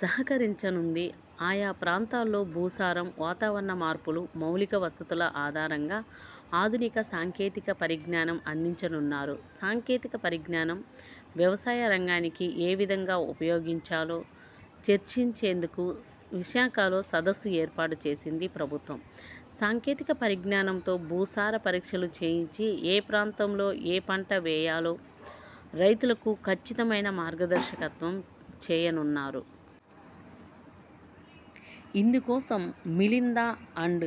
సహకరించనుంది. ఆయా ప్రాంతాల్లో భూసారం, వాతావరణ మార్పులు, మౌలిక వసతుల ఆధారంగా ఆధునిక సాంకేతిక పరిజ్ఞానం అందించనున్నారు. సాంకేతిక పరిజ్ఞానం వ్యవసాయ రంగానికి ఏ విధంగా ఉపయోగించాలో చర్చించేందుకు విశాఖలో సదస్సు ఏర్పాటు చేసింది ప్రభుత్వం. సాంకేతిక పరిజ్ఞానంతో భూసార పరీక్షలు చేయించి ఏ ప్రాంతంలో ఏ పంట వేయాలో రైతులకు ఖచ్చితమైన మార్గదర్శకం చేయనున్నారు. ఇందుకోసం మిలిందా అండ్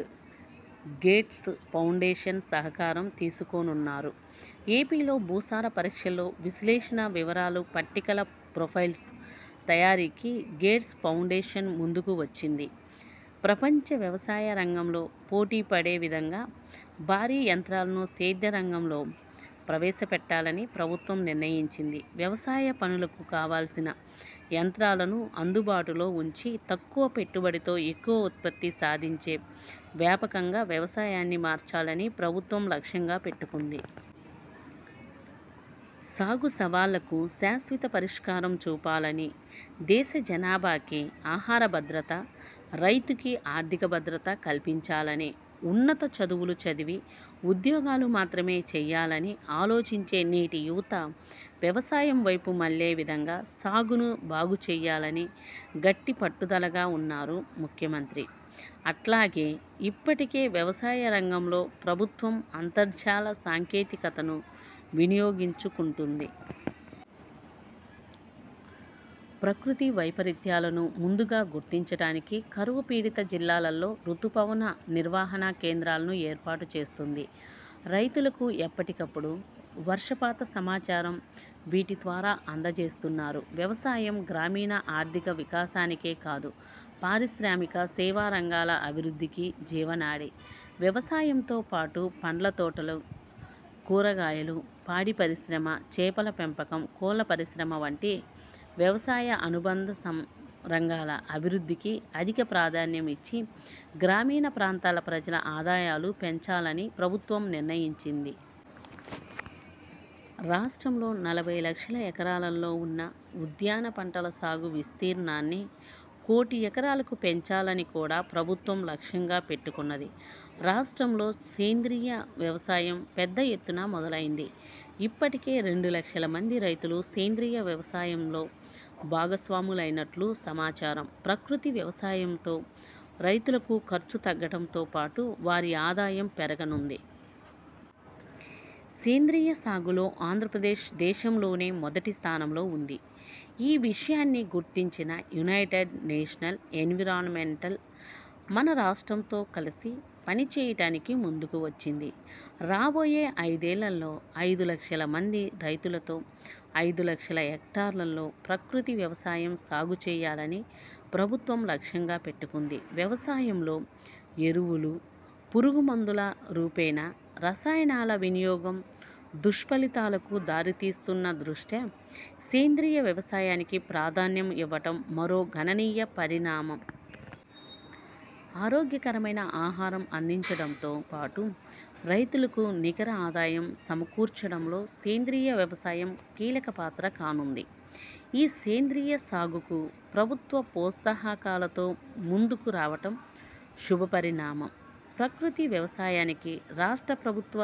గేట్స్ ఫౌండేషన్ సహకారం తీసుకొనున్నారు. ఏపీలో భూసార పరీక్షలతో విశ్లేషణ వివరాలు పట్టికల ప్రొఫైల్స్ తయారీకి గేట్స్ ఫౌండేషన్ ముందుకు వచ్చింది. ప్రపంచ వ్యవసాయ రంగంలో పోటీపడే విధంగా భారీ యంత్రాలను సేద్య రంగంలో ప్రవేశపెట్టాలని ప్రభుత్వం నిర్ణయించింది. వ్యవసాయ పనులకు కావల్సిన యంత్రాలను అందుబాటులో ఉంచి తక్కువ పెట్టుబడితో ఎక్కువ ఉత్పత్తి సాధించే వ్యాపకంగా వ్యవసాయాన్ని మార్చాలని ప్రభుత్వం లక్ష్యంగా పెట్టుకుంది. సాగు సవాళ్ళకు శాశ్వత పరిష్కారం చూపాలని దేశ జనాభాకి ఆహారభద్రత, రైతుకీ ఆర్థిక భద్రత కల్పించాలని, ఉన్నత చదువులు చదివి ఉద్యోగాలు మాత్రమే చేయాలని ఆలోచించే నేటి యువత వ్యవసాయం వైపు మళ్లే విధంగా సాగును బాగుచేయాలని గట్టి పట్టుదలగా ఉన్నారు ముఖ్యమంత్రి. అట్లాగే ఇప్పటికే వ్యవసాయ రంగంలో ప్రభుత్వం అంతర్జాల సాంకేతికతను వినియోగించుకుంటుంది. ప్రకృతి వైపరీత్యాలను ముందుగా గుర్తించడానికి, కరువు పీడిత జిల్లాల్లో రుతుపవన నిర్వహణ కేంద్రాలను ఏర్పాటు చేస్తుంది. రైతులకు ఎప్పటికప్పుడు వర్షపాత సమాచారం వీటి ద్వారా అందజేస్తున్నారు. వ్యవసాయం గ్రామీణ ఆర్థిక వికాసానికే కాదు పారిశ్రామిక, సేవా రంగాల అభివృద్ధికి జీవనాడి. వ్యవసాయంతో పాటు పండ్ల తోటలు, కూరగాయలు, పాడి పరిశ్రమ, చేపల పెంపకం, కోళ్ళ పరిశ్రమ వంటి వ్యవసాయ అనుబంధ రంగాల అభివృద్ధికి అధిక ప్రాధాన్యం ఇచ్చి గ్రామీణ ప్రాంతాల ప్రజల ఆదాయాలు పెంచాలని ప్రభుత్వం నిర్ణయించింది. రాష్ట్రంలో నలభై లక్షల ఎకరాల్లో వున్న ఉద్యాన పంటల సాగు విస్తీర్ణాన్ని కోటి ఎకరాలకు పెంచాలని కూడా ప్రభుత్వం లక్ష్యంగా పెట్టుకున్నది. రాష్ట్రంలో సేంద్రియ వ్యవసాయం పెద్దఎత్తున మొదలైంది. ఇప్పటికే రెండులక్షల మంది రైతులు సేంద్రియ వ్యవసాయంలో భాగస్వాములైనట్లు సమాచారం. ప్రకృతి వ్యవసాయంతో రైతులకు ఖర్చు తగ్గటంతో పాటు వారి ఆదాయం పెరగనుంది. సేంద్రియ సాగులో ఆంధ్రప్రదేశ్ దేశంలోనే మొదటిస్థానంలో ఉంది. ఈ విషయాన్ని గుర్తించిన యునైటెడ్ నేషనల్ ఎన్విరాన్మెంటల్ మన రాష్ట్రంతో కలిసి పనిచేయడానికి ముందుకు వచ్చింది. రాబోయే ఐదేళ్లలో ఐదులక్షల మంది రైతులతో ఐదులక్షల హెక్టార్లలో ప్రకృతి వ్యవసాయం సాగుచేయాలని ప్రభుత్వం లక్ష్యంగా పెట్టుకుంది. వ్యవసాయంలో ఎరువులు, పురుగుమందుల రూపేణ రసాయనాల వినియోగం దుష్ఫలితాలకు దారితీస్తున్న దృష్ట్యా సేంద్రియ వ్యవసాయానికి ప్రాధాన్యం ఇవ్వటం మరో గణనీయ పరిణామం. ఆరోగ్యకరమైన ఆహారం అందించడంతో పాటు రైతులకు నికర ఆదాయం సమకూర్చడంలో సేంద్రియ వ్యవసాయం కీలక పాత్ర కానుంది. ఈసేంద్రీయ సాగుకు ప్రభుత్వం ప్రోత్సాహకాలతో ముందుకు రావటం శుభపరిణామం. ప్రకృతి వ్యవసాయానికి రాష్ట్ర ప్రభుత్వ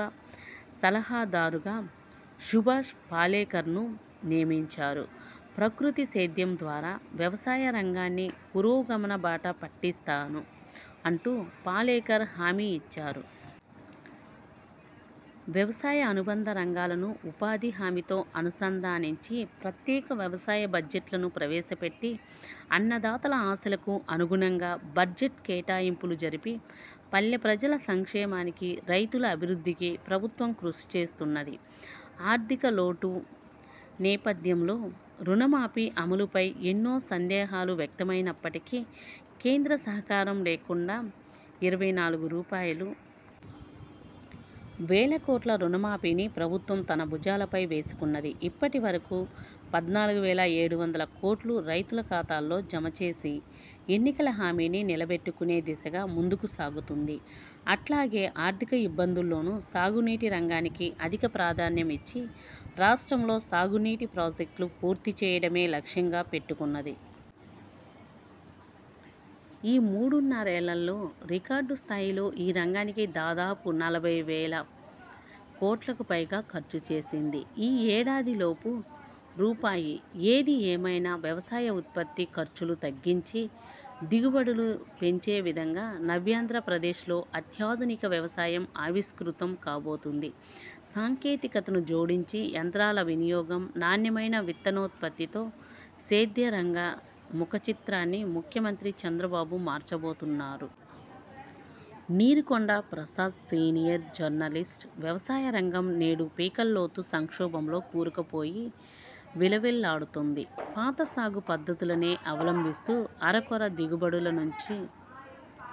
సలహాదారుగా సుభాష్ పాలేకర్ను నియమించారు. ప్రకృతి సేద్యం ద్వారా వ్యవసాయ రంగాన్ని పురోగమన బాట పట్టిస్తాను అంటూ పాలేకర్ హామీ ఇచ్చారు. వ్యవసాయ అనుబంధ రంగాలను ఉపాధి హామీతో అనుసంధానించి ప్రత్యేక వ్యవసాయ బడ్జెట్లను ప్రవేశపెట్టి అన్నదాతల ఆశలకు అనుగుణంగా బడ్జెట్ కేటాయింపులు జరిపి పల్లెప్రజల సంక్షేమానికి, రైతుల అభివృద్ధికి ప్రభుత్వం కృషిచేస్తున్నది. ఆర్థికలోటు నేపథ్యంలో రుణమాఫీ అమలుపై ఎన్నో సందేహాలు వ్యక్తమైనప్పటికీ కేంద్ర సహకారం లేకుండా ఇరవైనాలుగు రూపాయలు. వేల కోట్ల రుణమాఫీని ప్రభుత్వం తన భుజాలపై వేసుకున్నది. ఇప్పటివరకు పద్నాలుగువేల ఎడువందల కోట్లు రైతుల ఖాతాల్లో జమచేసి ఎన్నికల హామీని నిలబెట్టుకునే దిశగా ముందుకు సాగుతోంది. అట్లాగే ఆర్థిక ఇబ్బందుల్లోనూ సాగునీటి రంగానికి అధిక ప్రాధాన్యం ఇచ్చి రాష్ట్రంలో సాగునీటి ప్రాజెక్టులు పూర్తిచేయడమే లక్ష్యంగా పెట్టుకున్నది. ఈ మూడున్నరేళ్లలో రికార్డు స్థాయిలో ఈ రంగానికి దాదాపు నలబై వేల కోట్లకుపైగా ఖర్చుచేసింది. ఈ ఏడాది లోపు రూపాయి ఏది ఏమైనా వ్యవసాయ ఉత్పత్తి ఖర్చులు తగ్గించి దిగుబడులు పెంచేవిధంగా నవ్యాంధ్రప్రదేశ్లో అత్యాధునిక వ్యవసాయం ఆవిష్కృతం కాబోతుంది. సాంకేతికతను జోడించి యంత్రాల వినియోగం, నాణ్యమైన విత్తనోత్పత్తితో సేద్య రంగ ముఖచిత్రాన్ని ముఖ్యమంత్రి చంద్రబాబు మార్చబోతున్నారు. నీరుకొండ ప్రసాద్సీనియర్ జర్నలిస్ట్ వ్యవసాయ రంగం నేడు పీకల్లోతు సంక్షోభంలో కూరుకుపోయి విలవిల్లాడుతోంది. పాత సాగు పద్ధతులనే అవలంబిస్తూ అరకొర దిగుబడుల నుంచి